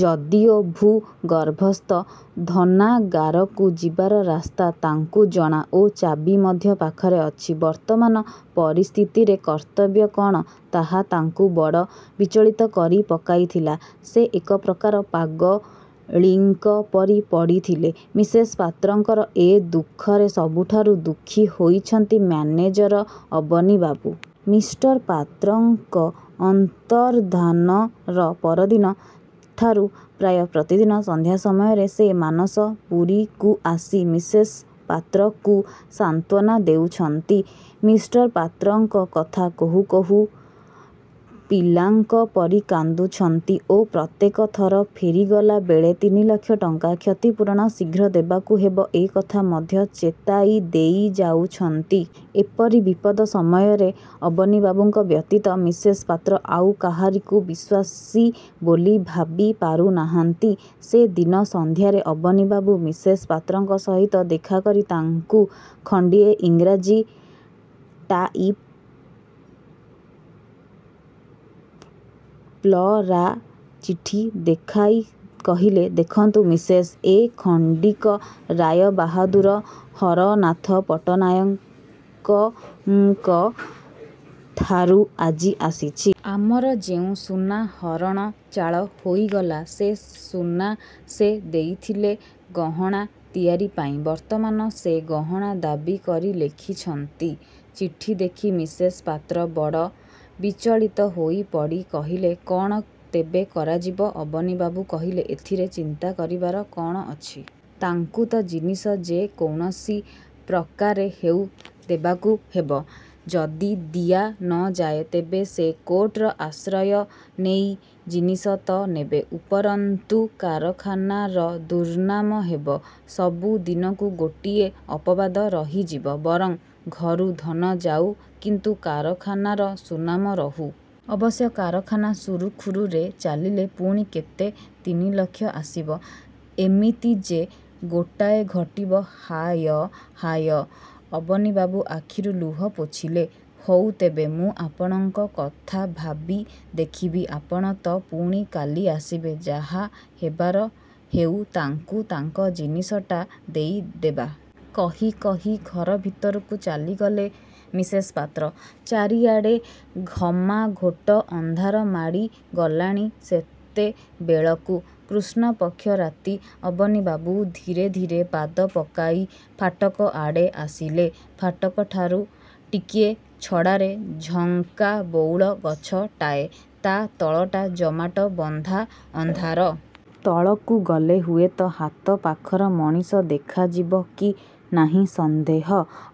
ଯଦିଓ ଭୂ-ଗର୍ଭସ୍ଥ ଧନାଗାରକୁ ଯିବାର ରାସ୍ତା ତାଙ୍କୁ ଜଣା ଓ ଚାବି ମଧ୍ୟ ପାଖରେ ଅଛି। ବର୍ତ୍ତମାନ ପରିସ୍ଥିତିରେ କର୍ତ୍ତବ୍ୟ କ'ଣ, ତାହା ତାଙ୍କୁ ବଡ଼ ବିଚଳିତ କରି ପକାଇଥିଲା। ସେ ଏକ ପ୍ରକାର ପାଗଳୀଙ୍କ ପରି ପଡ଼ିଥିଲେ। ମିସେସ୍ ପାତ୍ରଙ୍କର ଏ ଦୁଃଖରେ ସବୁଠାରୁ ଦୁଃଖୀ ହୋଇଛନ୍ତି ମ୍ୟାନେଜର ଅବନୀବାବୁ-। ମିଷ୍ଟର ପାତ୍ରଙ୍କ ଅନ୍ତର୍ଦ୍ଧାନର ପରଦିନ ଠାରୁ ପ୍ରାୟ ପ୍ରତିଦିନ ସନ୍ଧ୍ୟା ସମୟରେ ସେ ମାନସପୁରୀକୁ ଆସି ମିସେସ୍ ପାତ୍ରକୁ ସାନ୍ତ୍ୱନା ଦେଉଛନ୍ତି। ମିଷ୍ଟର ପାତ୍ରଙ୍କ କଥା କହୁ କହୁ ପିଲାଙ୍କ ପରି କାନ୍ଦୁଛନ୍ତି ଓ ପ୍ରତ୍ୟେକ ଥର ଫେରିଗଲା ବେଳେ ତିନିଲକ୍ଷ ଟଙ୍କା କ୍ଷତିପୂରଣ ଶୀଘ୍ର ଦେବାକୁ ହେବ, ଏ କଥା ମଧ୍ୟ ଚେତାଇ ଦେଇ ଯାଉଛନ୍ତି। ଏପରି ବିପଦ ସମୟରେ ଅବନୀବାବୁଙ୍କ ବ୍ୟତୀତ ମିସେସ୍ ପାତ୍ର ଆଉ କାହାରିକୁ ବିଶ୍ୱାସୀ ବୋଲି ଭାବି ପାରୁନାହାନ୍ତି। ସେ ଦିନ ସନ୍ଧ୍ୟାରେ ଅବନୀବାବୁ ମିସେସ୍ ପାତ୍ରଙ୍କ ସହିତ ଦେଖାକରି ତାଙ୍କୁ ଖଣ୍ଡିଏ ଇଂରାଜୀ ଟାଇପ୍କରା ଚିଠି ଦେଖାଇ କହିଲେ-''ଦେଖନ୍ତୁ ମିସେସ୍! ଏ ଖଣ୍ଡିକ ରାୟବାହାଦୂର ହରନାଥ ପଟ୍ଟନାୟକଙ୍କଠାରୁ ଆଜି ଆସିଛି। ଆମର ଯେଉଁ ସୁନା ହରଣଚାଳ ହୋଇଗଲା ସେ ସୁନା ସେ ଦେଇଥିଲେ ଗହଣା ତିଆରି ପାଇଁ। ବର୍ତ୍ତମାନ ସେ ଗହଣା ଦାବୀ କରି ଲେଖିଛନ୍ତି। '' ଚିଠି ଦେଖି ମିସେସ୍ ପାତ୍ର ବଡ଼ ବିଚଳିତ ହୋଇପଡ଼ି କହିଲେ-''କ'ଣ ତେବେ କରାଯିବ-? '' ଅବନୀବାବୁ କହିଲେ-''ଏଥିରେ ଚିନ୍ତା କରିବାର କ'ଣ ଅଛି? ତାଙ୍କୁ ତ ଜିନିଷ ଯେ କୌଣସି ପ୍ରକାରେ ହେଉ ଦେବାକୁ ହେବ। ଯଦି ଦିଆ ନ ଯାଏ, ତେବେ ସେ କୋର୍ଟର ଆଶ୍ରୟ ନେଇ ଜିନିଷ ତ ନେବେ; ଉପରନ୍ତୁ କାରଖାନାର ଦୁର୍ନାମ ହେବ, ସବୁ ଦିନକୁ ଗୋଟିଏ ଅପବାଦ ରହିଯିବ। ବରଂ ଘରୁ ଧନ ଯାଉ, କିନ୍ତୁ କାରଖାନାର ସୁନାମ ରହୁ। ଅବଶ୍ୟ କାରଖାନା ସୁରୁଖୁରୁରେ ଚାଲିଲେ ପୁଣି କେତେ ତିନିଲକ୍ଷ ଆସିବ। ଏମିତି ଯେ ଗୋଟାଏ ଘଟିବ; ହାୟ ହାୟ '' ଅବନୀବାବୁ ଆଖିରୁ ଲୁହ ପୋଛିଲେ। ''ହଉ ତେବେ, ମୁଁ ଆପଣଙ୍କ କଥା ଭାବି ଦେଖିବି। ଆପଣ ତ ପୁଣି କାଲି ଆସିବେ। ଯାହା ହେବାର ହେଉ, ତାଙ୍କୁ ତାଙ୍କ ଜିନିଷଟା ଦେଇ ଦେବା। '' କହି କହି ଘର ଭିତରକୁ ଚାଲିଗଲେ ମିସେସ୍ ପାତ୍ର। ଚାରିଆଡ଼େ ଘମାଘୋଟ ଅନ୍ଧାର ମାଡ଼ିଗଲାଣି ସେତେବେଳକୁ। କୃଷ୍ଣପକ୍ଷ ରାତି। ଅବନୀବାବୁ ଧୀରେ ଧୀରେ ପାଦ ପକାଇ ଫାଟକ ଆଡ଼େ ଆସିଲେ। ଫାଟକଠାରୁ ଟିକିଏ ଛଡ଼ାରେ ଝଙ୍କା ବଉଳ ଗଛଟାଏ। ତା' ତଳଟା ଜମାଟବନ୍ଧା ଅନ୍ଧାର। ତଳକୁ ଗଲେ ହୁଏତ ହାତପାଖର ମଣିଷ ଦେଖାଯିବ କି ନାହିଁ ସନ୍ଦେହ।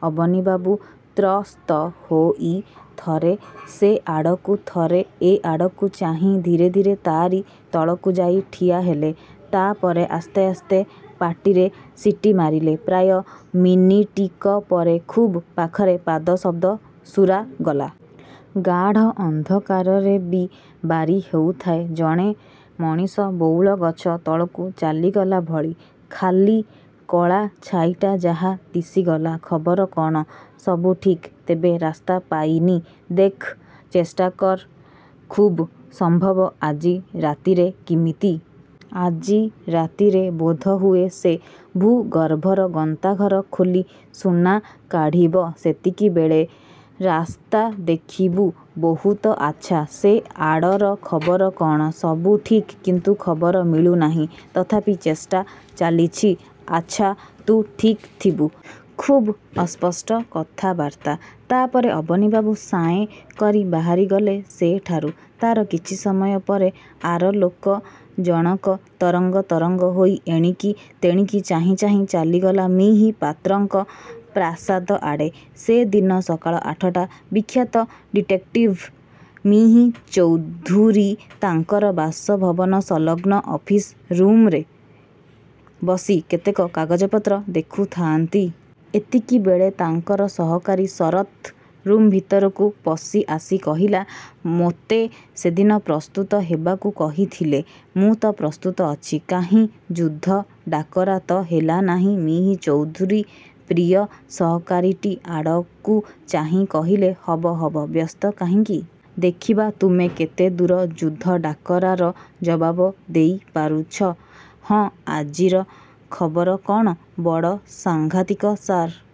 ଅବନୀବାବୁ ତ୍ରସ୍ତହୋଇ ଥରେ ସେଆଡ଼କୁ ଥରେ ଏଆଡ଼କୁ ଚାହିଁ ଧୀରେ ଧୀରେ ତା'ରି ତଳକୁ ଯାଇ ଠିଆହେଲେ। ତା'ପରେ ଆସ୍ତେ ଆସ୍ତେ ପାଟିରେ ସିଟି ମାରିଲେ। ପ୍ରାୟ ମିନିଟିକ ପରେ ଖୁବ୍ ପାଖରେ ପାଦଶବ୍ଦ ଶୁରାଗଲା। ଗାଢ଼ ଅନ୍ଧକାରରେ ବି ବାରି ହେଉଥାଏ-ଜଣେ ମଣିଷ ବଉଳଗଛ ତଳକୁ ଚାଲିଗଲା ଭଳି; ଖାଲି କଳା ଛାଇଟା ଯାହା ଦିଶିଗଲା। ''ଖବର କ'ଣ? '' ''ସବୁ ଠିକ୍। ତେବେ ରାସ୍ତା ପାଇନି। '' ''ଦେଖ୍, ଚେଷ୍ଟା କର। ଖୁବ୍ ସମ୍ଭବ ଆଜି ରାତିରେ '' ''କିମିତି? '' ''ଆଜି ରାତିରେ ବୋଧହୁଏ ସେ ଭୂ-ଗର୍ଭର ଗନ୍ତାଘର ଖୋଲି ସୁନା କାଢ଼ିବ। ସେତିକିବେଳେ ରାସ୍ତା ଦେଖିବୁ '' ''ବହୁତ ଆଚ୍ଛା! ସେ ଆଡ଼ର ଖବର କ'ଣ? '' ''ସବୁ ଠିକ୍, କିନ୍ତୁ ଖବର ମିଳୁନାହିଁ; ତଥାପି ଚେଷ୍ଟା ଚାଲିଛି। ଆଚ୍ଛା; ତୁ ଠିକ୍ ଥିବୁ। '' ଖୁବ୍ ଅସ୍ପଷ୍ଟ କଥାବାର୍ତ୍ତା। ତା'ପରେ ଅବନୀବାବୁ ସାଏଁ କରି ବାହାରିଗଲେ ସେଠାରୁ। ତା'ର କିଛି ସମୟ ପରେ ଆରଲୋକ ଜଣକ ତରଙ୍ଗ ତରଙ୍ଗ ହୋଇ ଏଣିକି। ତେଣିକି ଚାହିଁ ଚାହିଁ ଚାଲିଗଲା ମି: ପାତ୍ରଙ୍କ ପ୍ରାସାଦଆଡ଼େ। ସେ ଦିନ ସକାଳ ଆଠଟା। ବିଖ୍ୟାତ ଡିଟେକ୍ଟିଭ୍ ମି: ଚୌଧୁରୀ ତାଙ୍କର ବାସଭବନ ସଂଲଗ୍ନ ଅଫିସ ରୁମ୍ରେ ବସି କେତେକ କାଗଜପତ୍ର ଦେଖୁଥାଆନ୍ତି। ଏତିକିବେଳେ ତାଙ୍କର ସହକାରୀ ଶରତ୍ ରୁମ୍ ଭିତରକୁ ପଶିଆସି କହିଲା-''ମୋତେ ସେଦିନ ପ୍ରସ୍ତୁତ ହେବାକୁ କହିଥିଲେ। ମୁଁ ତ ପ୍ରସ୍ତୁତ ଅଛି; କାହିଁ ଯୁଦ୍ଧ ଡାକରା ତ ହେଲା ନାହିଁ? '' ମି: ଚୌଧୁରୀ ପ୍ରିୟ ସହକାରୀଟି ଆଡ଼କୁ ଚାହିଁ କହିଲେ-''ହବ ହବ, ବ୍ୟସ୍ତ କାହିଁକି-? ଦେଖିବା ତୁମେ କେତେ ଦୂର ଯୁଦ୍ଧ ଡାକରାର ଜବାବ ଦେଇ ପାରୁଛ? ହଁ, ଆଜିର ଖବର କ'ଣ-? '' ''ବଡ଼ ସାଂଘାତିକ ସାର୍!